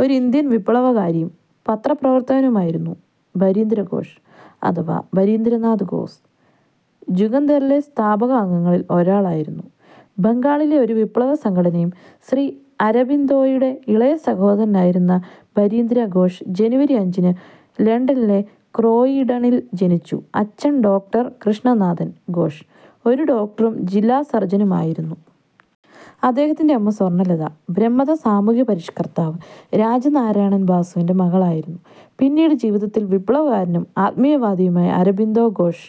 ഒരു ഇന്ത്യൻ വിപ്ലവകാരിയും പത്രപ്രവർത്തകനുമായിരുന്നു ബരീന്ദ്ര ഘോഷ് അഥവാ ബരീന്ദ്ര നാഥ് ഘോസ്. ജുഗന്തറിലെ സ്ഥാപക അംഗങ്ങളിൽ ഒരാളായിരുന്നു. ബംഗാളിലെ ഒരു വിപ്ലവ സംഘടനയും. ശ്രീ അരബിന്ദോയുടെ ഇളയ സഹോദരനായിരുന്നു ബരീന്ദ്ര ഘോഷ്. ജനുവരി അഞ്ചിന് ലണ്ടനിലെ ക്രോയിഡണിൽ ജനിച്ചു. അച്ഛൻ ഡോക്ടർ കൃഷ്ണനാഥൻ ഘോഷ്, ഒരു ഡോക്ടറും ജില്ലാ സർജനും ആയിരുന്നു. അദ്ദേഹത്തിൻ്റെ അമ്മ സ്വർണ്ണലത ബ്രഹ്മ മത സാമൂഹ്യ പരിഷ്ക്കർത്താവ് രാജ് നാരായണൻ ബാസുവിൻ്റെ മകളായിരുന്നു. പിന്നീട് ജീവിതത്തിൽ വിപ്ലവകാരനും ആത്മീയവാദിയുമായ അരബിന്ദോ ഘോഷ്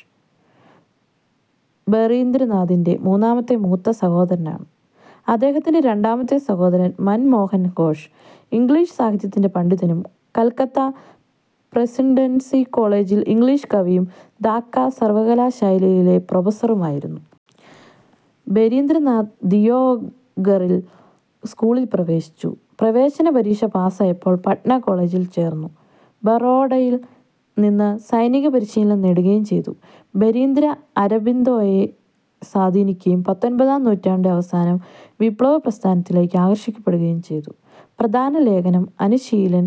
ബറീന്ദ്രനാഥിൻ്റെ മൂന്നാമത്തെ മൂത്ത സഹോദരനാണ്. അദ്ദേഹത്തിൻ്റെ രണ്ടാമത്തെ സഹോദരൻ മൻമോഹൻ ഘോഷ് ഇംഗ്ലീഷ് സാഹിത്യത്തിൻ്റെ പണ്ഡിതനും, കൽക്കത്ത പ്രസിഡൻസി കോളേജിൽ ഇംഗ്ലീഷ് കവിയും ധാക്ക സർവ്വകലാശാലയിലെ പ്രൊഫസ്സറുമായിരുന്നു. ബരിന്ദ്രനാഥ് ദിയോഘറിൽ സ്കൂളിൽ പ്രവേശിച്ചു. പ്രവേശന പരീക്ഷ പാസായപ്പോൾ പട്ന കോളേജിൽ ചേർന്നു. ബറോഡയിൽ നിന്ന് സൈനിക പരിശീലനം നേടുകയും ചെയ്തു. ബരീന്ദ്ര അരബിന്ദോയെ സ്വാധീനിക്കുകയും പത്തൊൻപതാം നൂറ്റാണ്ട് അവസാനം വിപ്ലവ പ്രസ്ഥാനത്തിലേക്ക് ആകർഷിക്കപ്പെടുകയും ചെയ്തു. പ്രധാന ലേഖനം: അനുശീലൻ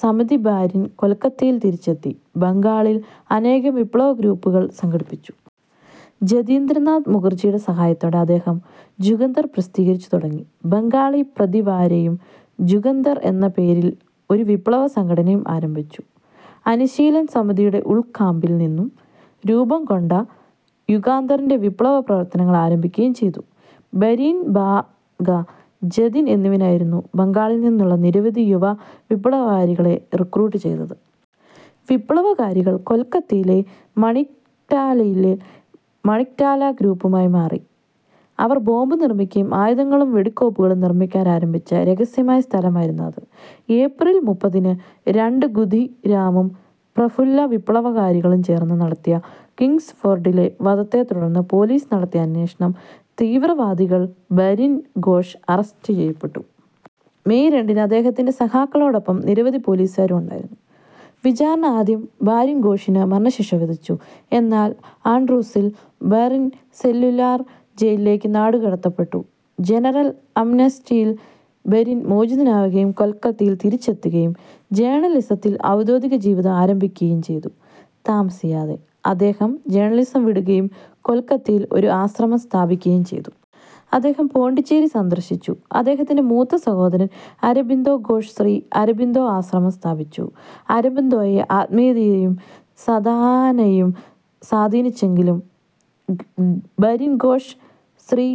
സമിതി ബാരിൻ കൊൽക്കത്തയിൽ തിരിച്ചെത്തി, ബംഗാളിൽ അനേകം വിപ്ലവ ഗ്രൂപ്പുകൾ സംഘടിപ്പിച്ചു. ജതീന്ദ്രനാഥ് മുഖർജിയുടെ സഹായത്തോടെ. അദ്ദേഹം ജുഗന്തർ പ്രസിദ്ധീകരിച്ചു തുടങ്ങി, ബംഗാളി പ്രതിവാരയും, ജുഗന്തർ എന്ന പേരിൽ ഒരു വിപ്ലവ സംഘടനയും ഉടൻ ആരംഭിച്ചു. അനുശീലൻ സമിതിയുടെ ഉൾക്കാമ്പിൽ നിന്നും രൂപം കൊണ്ട യുഗാന്തറിൻ്റെ വിപ്ലവ പ്രവർത്തനങ്ങൾ ആരംഭിക്കുകയും ചെയ്തു. ബരിൻ, ബാഘ ജതിൻ എന്നിവനായിരുന്നു ബംഗാളിൽ നിന്നുള്ള നിരവധി യുവ വിപ്ലവകാരികളെ റിക്രൂട്ട് ചെയ്തത്. വിപ്ലവകാരികൾ കൊൽക്കത്തയിലെ മണിക്ടാലയിലെ മണിക്ടാലഗ്രൂപ്പായി മാറി. അവർ ബോംബ് നിർമ്മിക്കയും ആയുധങ്ങളും വെടിക്കോപ്പുകളും നിർമ്മിക്കാൻ ആരംഭിച്ച രഹസ്യമായ സ്ഥലമായിരുന്നു അത്. ഏപ്രിൽ മുപ്പതിന് രണ്ട് ഖൂദിരാമും പ്രഫുല്ല വിപ്ലവകാരികളും ചേർന്ന് നടത്തിയ കിംഗ്സ്ഫോർഡിലെ വധത്തെ തുടർന്ന് പോലീസ് നടത്തിയ അന്വേഷണം തീവ്രവാദികൾ ബരിൻ ഘോഷ് അറസ്റ്റ് ചെയ്യപ്പെട്ടു. മെയ് രണ്ടിന് അദ്ദേഹത്തിൻ്റെ സഖാക്കളോടൊപ്പം നിരവധി പോലീസുകാരും ഉണ്ടായിരുന്നു. വിചാരണ ആദ്യം ബാരിൻ ഘോഷിന് മരണശിക്ഷ വിധിച്ചു. എന്നാൽ ആൻഡ്രൂസിൽ ബറിൻ സെല്ലുലാർ ജയിലിലേക്ക് നാടുകടത്തപ്പെട്ടു. ജനറൽ ആംനസ്റ്റിയിൽ ബരിൻ മോചിതനാവുകയും കൊൽക്കത്തയിൽ തിരിച്ചെത്തുകയും ജേർണലിസത്തിൽ ഔദ്യോഗിക ജീവിതം ആരംഭിക്കുകയും ചെയ്തു. താമസിയാതെ അദ്ദേഹം ജേണലിസം വിടുകയും കൊൽക്കത്തയിൽ ഒരു ആശ്രമം സ്ഥാപിക്കുകയും ചെയ്തു. അദ്ദേഹം പോണ്ടിച്ചേരി സന്ദർശിച്ചു. അദ്ദേഹത്തിൻ്റെ മൂത്ത സഹോദരൻ അരബിന്ദോ ഘോഷ് ശ്രീ അരബിന്ദോ ആശ്രമം സ്ഥാപിച്ചു. അരബിന്ദോയെ ആത്മീയതയും സദാനയും സ്വാധീനിച്ചെങ്കിലും ബരിൻ ഘോഷ് ശ്രീ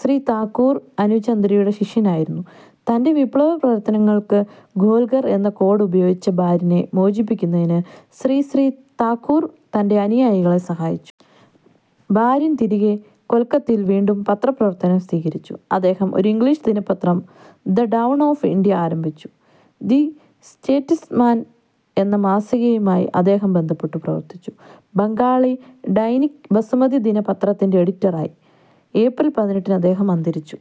ശ്രീ താക്കൂർ അനുഖുചന്ദ്രയുടെ ശിഷ്യനായിരുന്നു. തൻ്റെ വിപ്ലവ പ്രവർത്തനങ്ങൾക്ക് 'ഗോൽഘർ' എന്ന കോഡ് ഉപയോഗിച്ച ബാരിനെ മോചിപ്പിക്കുന്നതിന് ശ്രീ ശ്രീ താക്കൂർ തൻ്റെ അനുയായികളെ സഹായിച്ചു. ബാരിൻ തിരികെ കൊൽക്കത്തയിൽ വീണ്ടും പത്രപ്രവർത്തനം സ്വീകരിച്ചു. അദ്ദേഹം ഒരു ഇംഗ്ലീഷ് ദിനപത്രം ദ ഡൗൺ ഓഫ് ഇൻഡ്യ ആരംഭിച്ചു. ദി സ്റ്റേറ്റ്സ്മാൻ എന്ന മാസികയുമായി അദ്ദേഹം ബന്ധപ്പെട്ടു പ്രവർത്തിച്ചു. ബംഗാളി ഡൈനിക് ബസുമതി ദിന പത്രത്തിൻ്റെ എഡിറ്ററായി. ഏപ്രിൽ പതിനെട്ടിന് അദ്ദേഹം അന്തരിച്ചു.